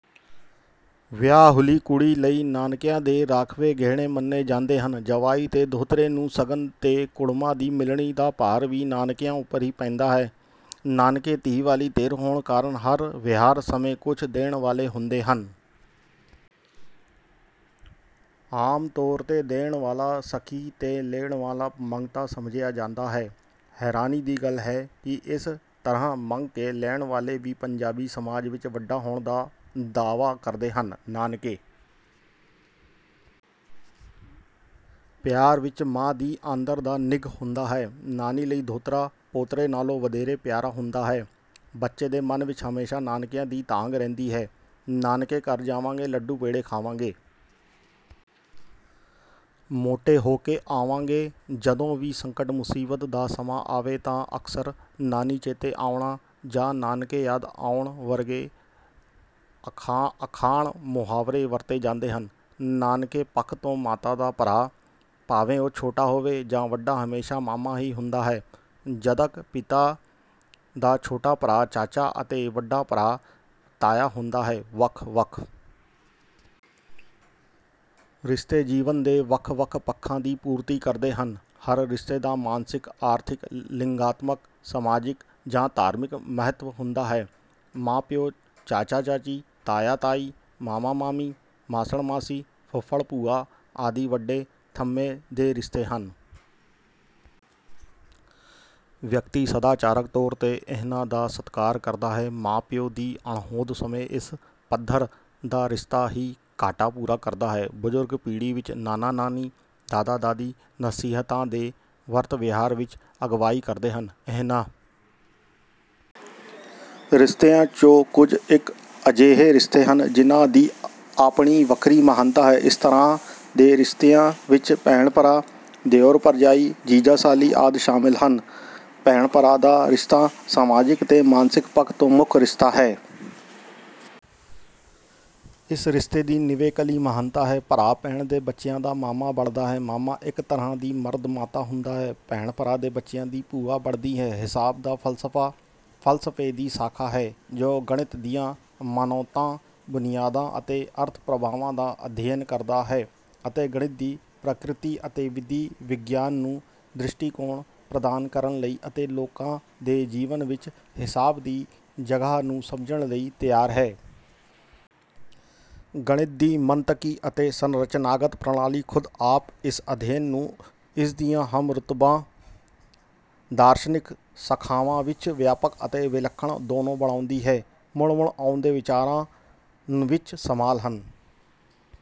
ਵਿਆਹੁਲੀ ਕੁੜੀ ਲਈ ਨਾਨਕਿਆਂ ਦੇ ਰਾਂਖਵੇਂ ਗਹਿਣੇ ਮੰਨੇ ਜਾਂਦੇ ਹਨ। ਜਵਾਈ ਤੇ ਦੋਹਤਰੇ ਨੂੰ ਸ਼ਗਨ ਤੇ ਕੁੜਮਾ ਦੀ ਮਿਲਣੀ ਦਾ ਭਾਰ ਵੀ ਨਾਨਕਿਆਂ ਉੱਪਰ ਹੀ ਪੈਂਦਾ ਹੈ। ਨਾਨਕੇ ਧੀ ਵਾਲੀ ਧਿਰ ਹੋਣ ਕਾਰਨ ਹਰ ਵਿਹਾਰ ਸਮੇਂ ਕੁਝ ਦੇਣ ਵਾਲੇ ਹੁੰਦੇ ਹਨ। ਆਮ ਤੌਰ ਤੇ ਦੇਣ ਵਾਲਾ ਸਖੀ ਤੇ ਲੈਣ ਵਾਲਾ ਮੰਗਤਾ ਸਮਝਿਆ ਜਾਂਦਾ ਹੈ। ਹੈਰਾਨੀ ਦੀ ਗੱਲ ਹੈ ਕਿ ਇਸ ਤਰ੍ਹਾਂ ਮੰਗ ਕੇ ਲੈਣ ਵਾਲੇ ਵੀ ਪੰਜਾਬੀ ਸਮਾਜ ਵਿਚ ਵੱਡਾ ਹੋਣ ਦਾ ਦਾਅਵਾ ਕਰਦੇ ਹਨ। ਨਾਨਕੇ ਪਿਆਰ ਵਿਚ ਮਾਂ ਦੀ ਆਂਦਰ ਦਾ ਨਿੱਘ ਹੁੰਦਾ ਹੈ। ਨਾਨੀ ਲਈ ਦੋਹਤਰਾ ਪੋਤਰੇ ਨਾਲੋਂ ਵਧੇਰੇ ਪਿਆਰਾ ਹੁੰਦਾ ਹੈ। ਬੱਚੇ ਦੇ ਮਨ ਵਿਚ ਹਮੇਸ਼ਾ ਨਾਨਕਿਆਂ ਦੀ ਤਾਂਘ ਰਹਿੰਦੀ ਹੈ:"ਨਾਨਕੇ ਘਰ ਜਾਵਾਂਗੇ। ਲੱਡੂ ਪੇੜੇ ਖਾਵਾਂਗੇ। ਮੋਟੇ ਹੋ ਕੇ ਆਵਾਂਗੇ।"ਜਦੋਂ ਵੀ ਸੰਕਟ-ਮੁਸੀਬਤ ਦਾ ਸਮਾਂ ਆਵੇ ਤਾਂ ਅਕਸਰ 'ਨਾਨੀ ਚੇਤੇ ਆਉਣਾ' ਜਾਂ 'ਨਾਨਕੇ ਯਾਦ ਆਉਣ' ਵਰਗੇ ਅਖਾਣ-ਮੁਹਾਵਰੇ ਵਰਤੇ ਜਾਂਦੇ ਹਨ। ਨਾਨਕੇ ਪੱਖ ਤੋਂ ਮਾਤਾ ਦਾ ਭਰਾ, ਭਾਵੇਂ ਉਹ ਛੋਟਾ ਹੋਵੇ ਜਾਂ ਵੱਡਾ, ਹਮੇਸ਼ਾ ਮਾਮਾ ਹੀ ਹੁੰਦਾ ਹੈ; ਜਦਕਿ ਪਿਤਾ ਦਾ ਛੋਟਾ ਭਰਾ ਚਾਚਾ ਅਤੇ ਵੱਡਾ ਭਰਾ ਤਾਇਆ ਹੁੰਦਾ ਹੈ। ਵੱਖ-ਵੱਖ ਰਿਸ਼ਤੇ ਜੀਵਨ ਦੇ ਵੱਖ-ਵੱਖ ਪੱਖਾਂ ਦੀ ਪੂਰਤੀ ਕਰਦੇ ਹਨ। ਹਰ ਰਿਸ਼ਤੇ ਦਾ ਮਾਨਸਿਕ, ਆਰਥਿਕ, ਲਿੰਗਾਤਮਕ, ਸਮਾਜਿਕ ਜਾਂ ਧਾਰਮਿਕ ਮਹੱਤਵ ਹੁੰਦਾ ਹੈ। ਮਾਂ-ਪਿਓ, ਚਾਚਾ-ਚਾਚੀ, ਤਾਇਆ-ਤਾਈ, ਮਾਮਾ-ਮਾਮੀ, ਮਾਸੜ-ਮਾਸੀ, ਫੁੱਫੜ-ਭੂਆ ਆਦਿ ਵੱਡੇ ਥੰਮ੍ਹੇ ਦੇ ਰਿਸ਼ਤੇ ਹਨ। ਵਿਅਕਤੀ ਸਦਾਚਾਰਕ ਤੌਰ ਤੇ ਇਹਨਾਂ ਦਾ ਸਤਿਕਾਰ ਕਰਦਾ ਹੈ। ਮਾਂ-ਪਿਓ ਦੀ ਅਣਹੋਂਦ ਸਮੇਂ ਇਸ ਪੱਧਰ ਦਾ ਰਿਸ਼ਤਾ ਹੀ ਘਾਟਾ ਪੂਰਾ ਕਰਦਾ ਹੈ। ਬਜ਼ੁਰਗ ਪੀੜ੍ਹੀ ਵਿਚ ਨਾਨਾ-ਨਾਨੀ, ਦਾਦਾ-ਦਾਦੀ ਨਸੀਹਤਾਂ ਤੇ ਵਰਤ-ਵਿਹਾਰ ਵਿਚ ਅਗਵਾਈ ਕਰਦੇ ਹਨ। ਇਹਨਾਂ ਰਿਸ਼ਤਿਆਂ 'ਚੋਂ ਕੁਝ ਇਕ ਅਜਿਹੇ ਰਿਸ਼ਤੇ ਹਨ ਜਿਨ੍ਹਾਂ ਦੀ ਆਪਣੀ ਵੱਖਰੀ ਮਹਾਨਤਾ ਹੈ। ਇਸ ਤਰ੍ਹਾਂ ਦੇ ਰਿਸ਼ਤਿਆਂ ਵਿਚ ਭੈਣ-ਭਰਾ, ਦਿਓਰ-ਭਰਜਾਈ, ਜੀਜਾ-ਸਾਲੀ ਆਦਿ ਸ਼ਾਮਿਲ ਹਨ। ਭੈਣ-ਭਰਾ ਦਾ ਰਿਸ਼ਤਾ ਸਮਾਜਿਕ ਤੇ ਮਾਨਸਿਕ ਪੱਖ ਤੋਂ ਮੁੱਖ ਰਿਸ਼ਤਾ ਹੈ। ਇਸ ਰਿਸ਼ਤੇ ਦੀ ਨਿਵੇਕਲੀ ਮਹਾਨਤਾ ਹੈ। ਭਰਾ ਭੈਣ ਦੇ ਬੱਚਿਆਂ ਦਾ ਮਾਮਾ ਬਣਦਾ ਹੈ ਮਾਮਾ ਇਕ ਤਰ੍ਹਾਂ ਦੀ 'ਮਰਦ ਮਾਤਾ' ਹੁੰਦਾ ਹੈ। ਭੈਣ ਭਰਾ ਦੇ ਬੱਚਿਆਂ ਦੀ ਭੂਆ ਬਣਦੀ ਹੈ। ਹਿਸਾਬ ਦਾ ਫ਼ਲਸਫ਼ਾ, ਫ਼ਲਸਫ਼ੇ ਦੀ ਸ਼ਾਖਾ ਹੈ ਜੋ ਗਣਿਤ ਦੀਆਂ ਮਨੌਤਾਂ, ਬੁਨਿਆਦਾਂ ਅਤੇ ਅਰਥ-ਪ੍ਰਭਾਵਾਂ ਦਾ ਅਧਿਐਨ ਕਰਦਾ ਹੈ ਅਤੇ ਗਣਿਤ ਦੀ ਪ੍ਰਕ੍ਰਿਤੀ ਅਤੇ ਵਿਧੀ-ਵਿਗਿਆਨ ਨੂੰ ਦ੍ਰਿਸ਼ਟੀਕੋਣ ਪ੍ਰਦਾਨ ਕਰਨ ਲਈ ਅਤੇ ਲੋਕਾਂ ਦੇ ਜੀਵਨ ਵਿੱਚ ਹਿਸਾਬ ਦੀ ਜਗ੍ਹਾ ਨੂੰ ਸਮਝਣ ਲਈ ਤਿਆਰ ਹੈ। ਗਣਿਤ ਦੀ ਮੰਤਕੀ ਅਤੇ ਸੰਰਚਨਾਗਤ ਪ੍ਰਣਾਲੀ ਖ਼ੁਦ ਆਪ ਇਸ ਅਧਿਐਨ ਨੂੰ ਇਸਦੀਆਂ ਹਮਰੁਤਬਾ ਦਾਰਸ਼ਨਿਕ ਸ਼ਾਖਾਵਾਂ ਵਿਚ ਵਿਆਪਕ ਅਤੇ ਵਿਲੱਖਣ ਦੋਨੋਂ ਬਣਾਉਂਦੀ ਹੈ। ਮੁੜ-ਮੁੜ ਆਉਂਦੇ ਵਿਚਾਰਾਂ ਵਿੱਚ ਸ਼ਾਮਲ ਹਨ:...